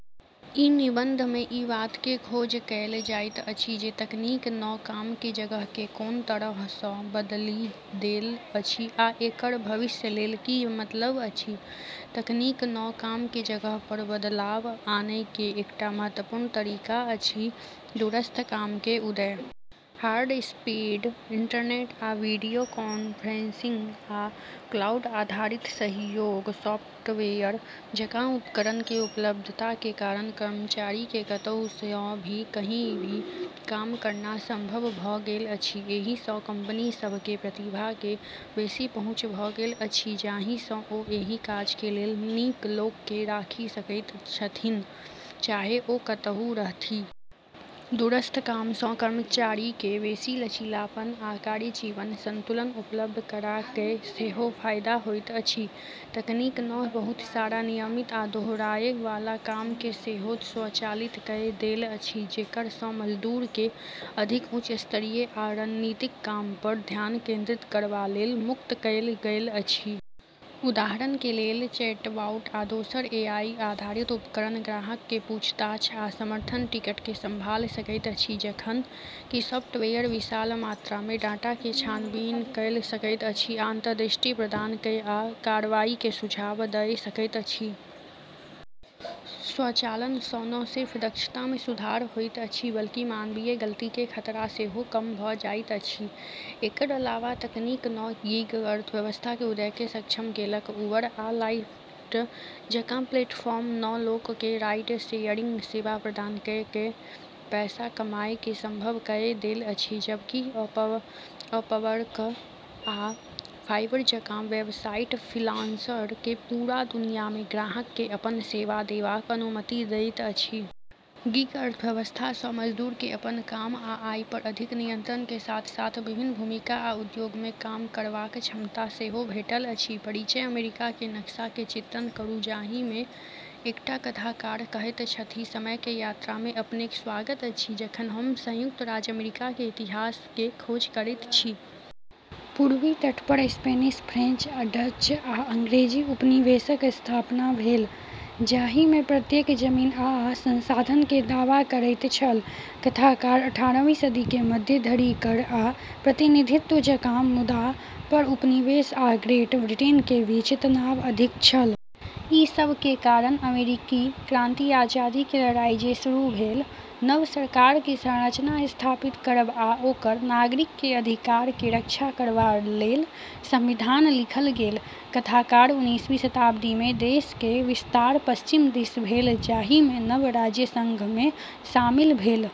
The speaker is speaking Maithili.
ई निबंध मे ई बात के खोज कएल जाइत अछि जे तकनीक नँ काम के जगह के कोन तरह सँ बदलि देल अछि आ एकर भविष्य लेल की मतलब अछि। तकनीक नँ काम के जगह पर बदलाव आने के एकटा महत्वपूर्ण तरीका अछि दूरस्थ काम के उदय। हाई स्पीड इंटरनेट आ वीडियो कॉन्फ्रेंसिंग आ क्लाउड आधारित सहयोग सॉफ्टवेयर जकां उपकरण के उपलब्धता के कारण कर्मचारी के कतहु सँ भी, कहीं भी काम करना संभव भ गेल अछि। एहि सँ कंपनी सभ के प्रतिभा के बेसी पहुंच भ गेल अछि, जाहि सँ ओ एहि काज के लेल नीक लोक के राखि सकैत छथिन्ह, चाहे ओ कतहु रहथि। दूरस्थ काम सँ कर्मचारी के बेसी लचीलापन आ कार्य-जीवन संतुलन उपलब्ध करा कए सेहो फायदा होइत अछि। तकनीक नँ बहुत सारा नियमित आ दोहराए वाला काम के सेहो स्वचालित कए देल अछि, जेकर सँ मजदूर के अधिक उच्च स्तरीय आ रणनीतिक काम पर ध्यान केंद्रित करबा लेल मुक्त कएल गेल अछि। उदाहरण के लेल, चैटबॉट आ दोसर एआई आधारित उपकरण ग्राहक के पूछताछ आ समर्थन टिकट के संभाल सकैत अछि, जखन कि सॉफ्टवेयर विशाल मात्रा मे डाटा के छानबीन कए सकैत अछि आ अंतर्दृष्टि प्रदान कए आ कार्रवाई के सुझाव दए सकैत अछि। स्वचालन सँ न सिर्फ दक्षता मे सुधार होइत अछि, बल्कि मानवीय गलती के खतरा सेहो कम भ जाइत अछि। एकर अलावा तकनीक नँ गिग अर्थव्यवस्था के उदय के सक्षम केलक। उबर आ लाइफ्ट जकां प्लेटफॉर्म नँ लोक के राइड-शेयरिंग सेवा प्रदान कए कए पैसा कमाए के संभव कए देल अछि, जबकि अपवर्क आ फाइवर जकां वेबसाइट फ्रीलांसर के पूरा दुनिया मे ग्राहक के अपन सेवा देबाक अनुमति दैत अछि। गिग अर्थव्यवस्था सँ मजदूर के अपन काम आ आय पर अधिक नियंत्रण के साथ-साथ विभिन्न भूमिका आ उद्योग मे काम करबाक क्षमता सेहो भेटल अछि। परिचय अमेरिका के नक्शा के चित्रण करू जाहि मे एकटा कथाकार कहैत छथि समय के यात्रा मे अपनेक स्वागत अछि जखन हम संयुक्त राज्य अमेरिका के इतिहास के खोज करैत छी। पूर्वी तट पर स्पेनिश, फ्रेंच, डच, आ अंग्रेजी उपनिवेशक स्थापना भेल, जाहि मे प्रत्येक जमीन आ संसाधन के दावा करैत छल। कथाकार अठारहवीं सदी के मध्य धरि कर आ प्रतिनिधित्व जकां मुद्दा पर उपनिवेश आ ग्रेट ब्रिटेन के बीच तनाव अधिक छल। ई सब के कारण अमेरिकी क्रांति, आजादी के लड़ाई जे शुरू भेल। नव सरकार के संरचना स्थापित करब आ ओकर नागरिक के अधिकार के रक्षा करबा लेल संविधान लिखल गेल। कथाकार उन्नीसवीं शताब्दी मे देश के विस्तार पश्चिम दिस भेल, जाहि मे नव राज्य संघ मे शामिल भेल।